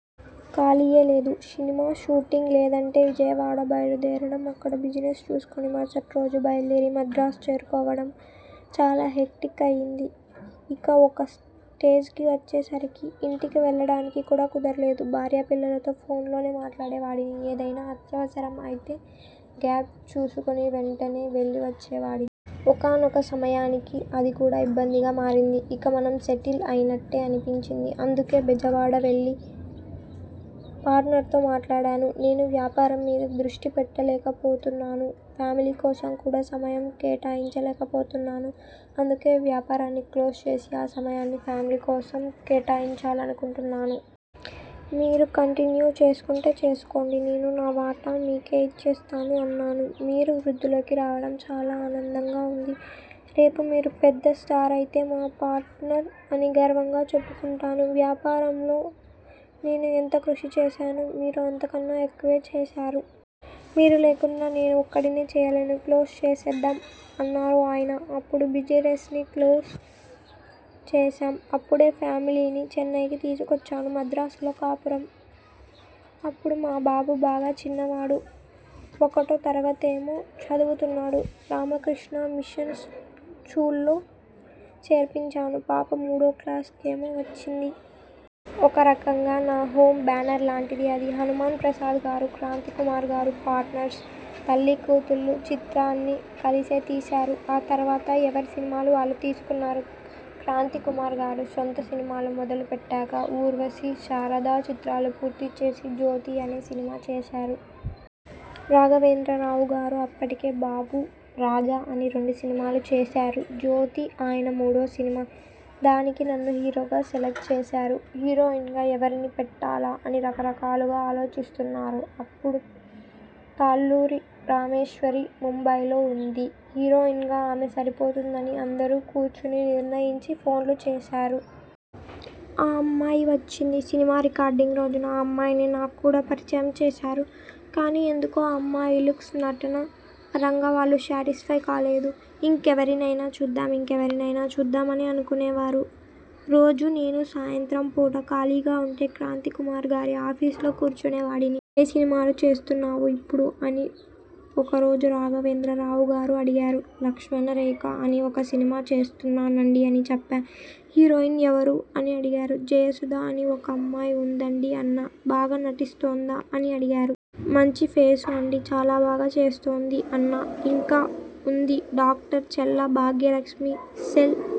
ఖాళీయే లేదు. Cinema shooting లేదంటే విజయవాడ బయలుదేరడం, అక్కడ బిజినెస్ చూసుకుని మరుసటిరోజు బయలుదేరి మద్రాసు చేరుకోవడం'. చాలా హెక్టిక్ అయింది ఇక ఒక స్టేజ్కి వచ్చే సరికి ఇంటికి వెళ్లడానికి కూడా కుదరలేదు. భార్యా పిల్లలతో ఫోన్లోనే మాట్లాడే వాడిని. ఏదైనా అత్యవసరం అయితే, గ్యాప్ చూసుకుని వెంటనే వెళ్లి వచ్చేవాడిని. ఒకానొక సమయానికి అది కూడా ఇబ్బందిగా మారింది. ''ఇక మనం సెటిల్ అయినట్టే'' అనిపించింది. అందుకే బెజవాడ వెళ్లి పార్ణర్తో మాట్లాడాను. ''నేను వ్యాపారం మీద దృష్టి పెట్టలేకపోతున్నాను. ఫ్యామిలీ కోసం కూడా సమయం కేటాయించలేక పోతున్నాను. అందుకే వ్యాపారాన్ని క్లోజ్ చేసి ఆ సమయాన్ని ఫ్యామిలీ కోసం కేటాయించాలనుకుంటున్నాను. మీరు కంటిన్యూ చేసుకుంటే చేసుకోండి. నేను నా వాటా మీకే ఇచ్చేస్తాను'' అన్నాను. 'మీరు వృద్ధిలోకి రావడం చాలా ఆనందంగా ఉంది. రేపు మీరు పెద్ద స్టార్ అయితే మా పార్ట్నర్ అని గర్వంగా చెప్పుకుంటాను. వ్యాపారంలో నేను ఎంత కృషి చేశానో, మీరు అంతకన్నా ఎక్కువే చేశారు. మీరు లేకుండా నేను ఒక్కడినే చేయలేను, క్లోజ్ చేసేద్దాం''అన్నారు ఆయన. అప్పుడు బిజినెస్ని క్లోజ్ చేశాం. అప్పుడే ఫ్యామిలీని చెన్నైకి తీసుకొచ్చాను. మద్రాసులో కాపురం అప్పుడు మా బాబు బాగా చిన్నవాడు. ఒకటో తరగతేమో చదువుతున్నాడు. రామకృష్ణా మిషన్ స్చూల్లో చేర్పించాను. పాప మూడో క్లాసుకేమో వచ్చింది. ఒక రకంగా నా హోమ్ బ్యానర్లాంటిది అది. హనుమాన్ ప్రసాద్ గారు, క్రాంతికుమార్ గారు పార్ట్నర్స్. 'తల్లీకూతుళ్లు' చిత్రాన్ని కలిసే తీశారు. ఆ తర్వాత ఎవరి సినిమాలు వాళ్లు తీసుకున్నారు. క్రాంతికుమార్ గారు సొంత సినిమాలు మొదలు పెట్టాక 'ఊర్వశి', 'శారద' చిత్రాలు పూర్తిచేసి, 'జ్యోతి' అనే సినిమా చేశారు. రాఘవేంద్రరావు గారు అప్పటికే 'బాబు', 'రాజా' అని రెండు సినిమాలు చేశారు. 'జ్యోతి' ఆయన మూడో సినిమా. దానికి నన్ను హీరోగా సెలక్ట్ చేశారు. హీరోయిన్గా ఎవరిని పెట్టాలా? అని రకరకాలుగా ఆలోచిస్తున్నారు.. అప్పుడు తాళ్లూరి రామేశ్వరి ముంబైలో ఉంది. హీరోయిన్గా ఆమె సరిపోతుందని అందరూ కూర్చుని నిర్ణయించి ఫోన్లు చేశారు. ఆ అమ్మాయి వచ్చింది. సినిమా రికార్డింగ్ రోజున ఆ అమ్మాయిని నాక్కూడా పరిచయం చేశారు. కానీ ఎందుకో ఆ అమ్మాయి లుక్స్, నటన పరంగా వాళ్లు శాటిస్ఫై కాలేదు. ఇంకెవరినైనా చూద్దాం, ఇంకెవరినైనా చూద్దాం అని అనుకునేవారు. రోజూ నేను సాయంత్రం పూట ఖాళీగా ఉంటే క్రాంతికుమార్ గారి ఆఫీసులో కూర్చునేవాడిని. 'ఏ సినిమాలు చేస్తున్నావు ఇప్పుడు' అని ఒక రోజు రాఘవేంద్రరావు గారు అడిగారు. 'లక్ష్మణ రేఖ' అని ఒక సినిమా చేస్తున్నానండీ'' అని చెప్పా. 'హీరోయిన్ ఎవరు? ' అని అడిగారు. ''జయసుధ అని ఒకమ్మాయి ఉందండీ'' అన్నా. 'బాగా నటిస్తోందా? ' అని అడిగారు. ''మంచి ఫేసు అండీ. చాలా బాగా చేస్తోంది'' అన్నా. ఇంకా ఉంది డాక్టర్ చల్లా భాగ్యలక్ష్మీ సెల్